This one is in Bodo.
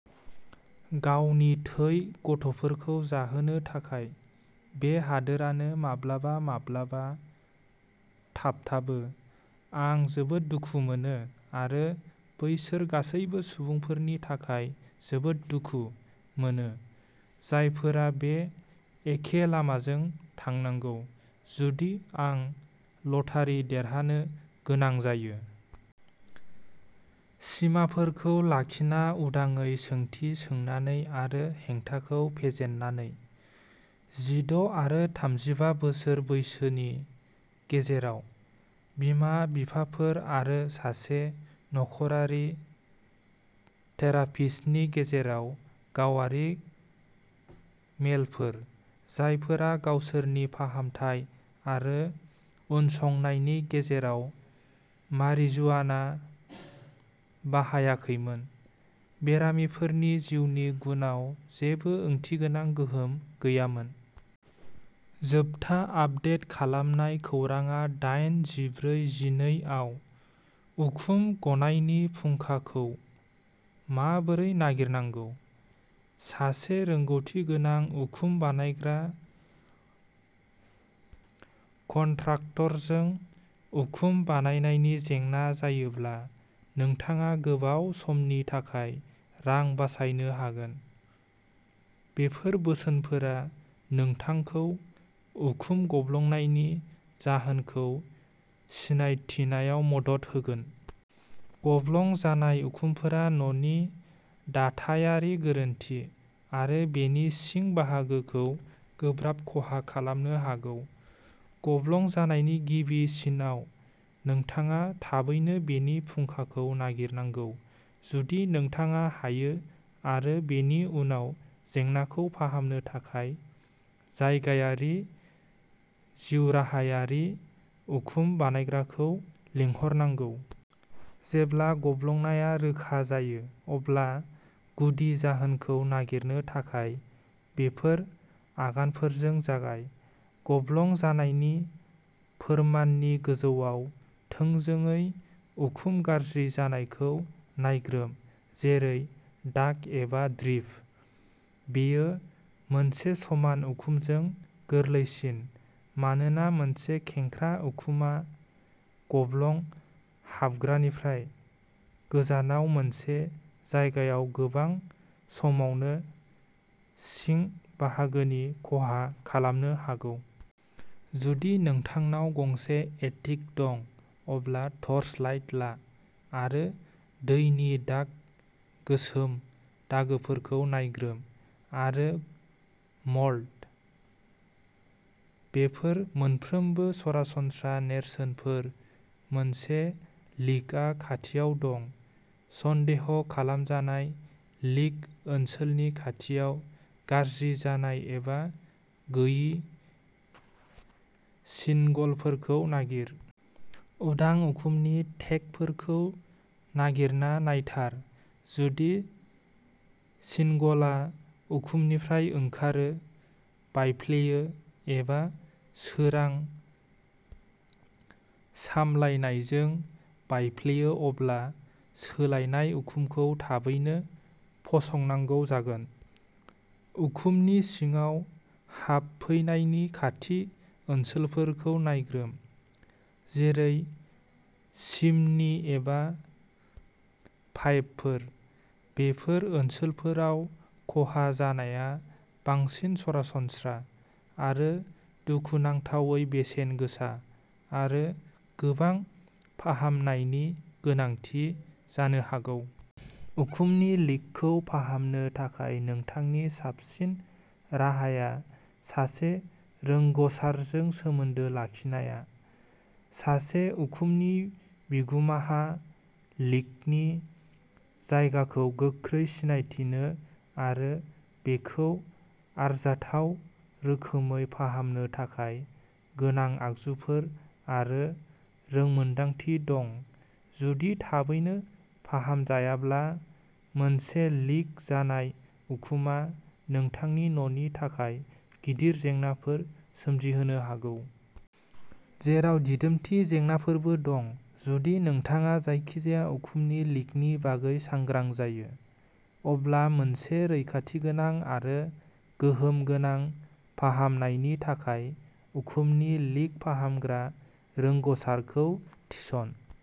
गावनि थै गथ'फोरखौ जाहोनो थाखाय। बे हादोरानो माब्लाबा माब्लाबा थाबथाबो। आं जोबोद दुखु मोनो आरो बैसोर गासैबो सुबुंफोरनि थाखाय जोबोद दुखु मोनो। जायफोरा बे एखे लामाजों थांनांगौ। जुदि आं लटारि देरहानो गोनां जायो। सिमाफोरखौ लाखिना उदाङै सोंथि सोंनानै आरो हेंथाखौ फेजेननानै। जिद’ आरो थामजिबा बोसोर बैसोनि गेजेराव। बिमा-बिफाफोर आरो सासे नख'रारि थेरापिस्टनि गेजेराव गावारि मेलफोर। जायफोरा गावसोरनि फाहामथाय आरो उनसंनायनि गेजेराव मारिजुआना बाहायाखैमोन। बेरामिफोरनि जिउनि गुनआव जेबो ओंथिगोनां गोहोम गैयामोन। जोबथा आपडेट खालामनाय खौरांआ दाइन जिब्रै जिनै आव। उखुम गनायनि फुंखाखौ माबोरै नागिरनांगौ। सासे रोंग'थि गोनां उखुम बानायग्रा कन्ट्राक्टरजों उखुम बानायनायनि जेंना जायोब्ला नोंथाङा गोबाव समनि थाखाय रां बासायनो हागोन। बेफोर बोसोनफोरा नोंथांखौ उखुम गब्लंनायनि जाहोनखौ सिनायथिनायाव मदद होगोन। गब्लं जानाय उखुमफोरा न'नि दाथायारि गोरोनथि आरो बेनि सिं बाहागोखौ गोब्राब खहा खालामनो हागौ। गब्लं जानायनि गिबि सिनआव नोंथाङा थाबैनो बेनि फुंखाखौ नागिरनांगौ जुदि नोंथाङा हायो आरो बेनि उनाव जेंनाखौ फाहामनो थाखाय जायगायारि जिउराहायारि उखुम बानायग्राखौ लिंहरनांगौ। जेब्ला गब्लंनाया रोखा जायो अब्ला गुदि जाहोनखौ नागिरनो थाखाय बेफोर आगानफोरजों जागाय। गब्लं जानायनि फोरमाननि गोजौआव थोंजोङै उखुम गाज्रि जानायखौ नायग्रोम। जेरै दाग एबा ड्रिप। बेयो मोनसे समान उखुमजों गोरलैसिन। मानोना मोनसे खेंख्रा उखुमआ गब्लं हाबग्रानिफ्राय गोजानाव मोनसे जायगायाव गोबां समावनो सिं बाहागोनि खहा खालामनो हागौ। जुदि नोंथांनाव गंसे एटिक दं अब्ला टर्चलाइट ला आरो दैनि दाग गोसोम दागोफोरखौ नायग्रोम। आरो मल्ड। बेफोर मोनफ्रोमबो सरासनस्रा नेरसोनफोर मोनसे लिकआ खाथियाव दं। सन्देह खालामजानाय लिक ओनसोलनि खाथियाव गाज्रि जानाय एबा गोयि सिनगलफोरखौ नागिर। उदां उखुमनि टेकफोरखौ नागिरना नायथार। जुदि शिनगलआ उखुमनिफ्राय ओंखारो बायफ्लेयो एबा सोरां सामलायनायजों बायफ्लेयो अब्ला सोलायनाय उखुमखौ थाबैनो फसंनांगौ जागोन। उखुमनि सिङाव हाबफैनायनि खाथि ओनसोलफोरखौ नायग्रोम। जेरै चिमनि एबा पाइपफोर। बेफोर ओनसोलफोराव खहा जानाया बांसिन सरासनस्रा आरो दुखुनांथावै बेसेन गोसा आरो गोबां फाहामनायनि गोनांथि जानो हागौ। उखुमनि लिकखौ फाहामनो थाखाय नोंथांनि साबसिन राहाया सासे रोंग'सारजों सोमोन्दो लाखिनाया। सासे उखुमनि बिगुमाहा लिकनि जायगाखौ गोख्रै सिनायथिनो आरो बेखौ आरजाथाव रोखोमै फाहामनो थाखाय गोनां आगजुफोर आरो रोंमोनदांथि दं। जुदि थाबैनो फाहामजायाब्ला मोनसे लिक जानाय उखुमआ नोंथांनि न'नि थाखाय गिदिर जेंनाफोर सोमजिहोनो हागौ। जेराव दिदोमथि जेंनाफोरबो दं। जुदि नोंथाङा जायखिजाया उखुमनि लिकनि बागै सांग्रां जायो। अब्ला मोनसे रैखाथिगोनां आरो गोहोम गोनां फाहामनायनि थाखाय उखुमनि लिक फाहामग्रा रोंग'सारखौ थिसन।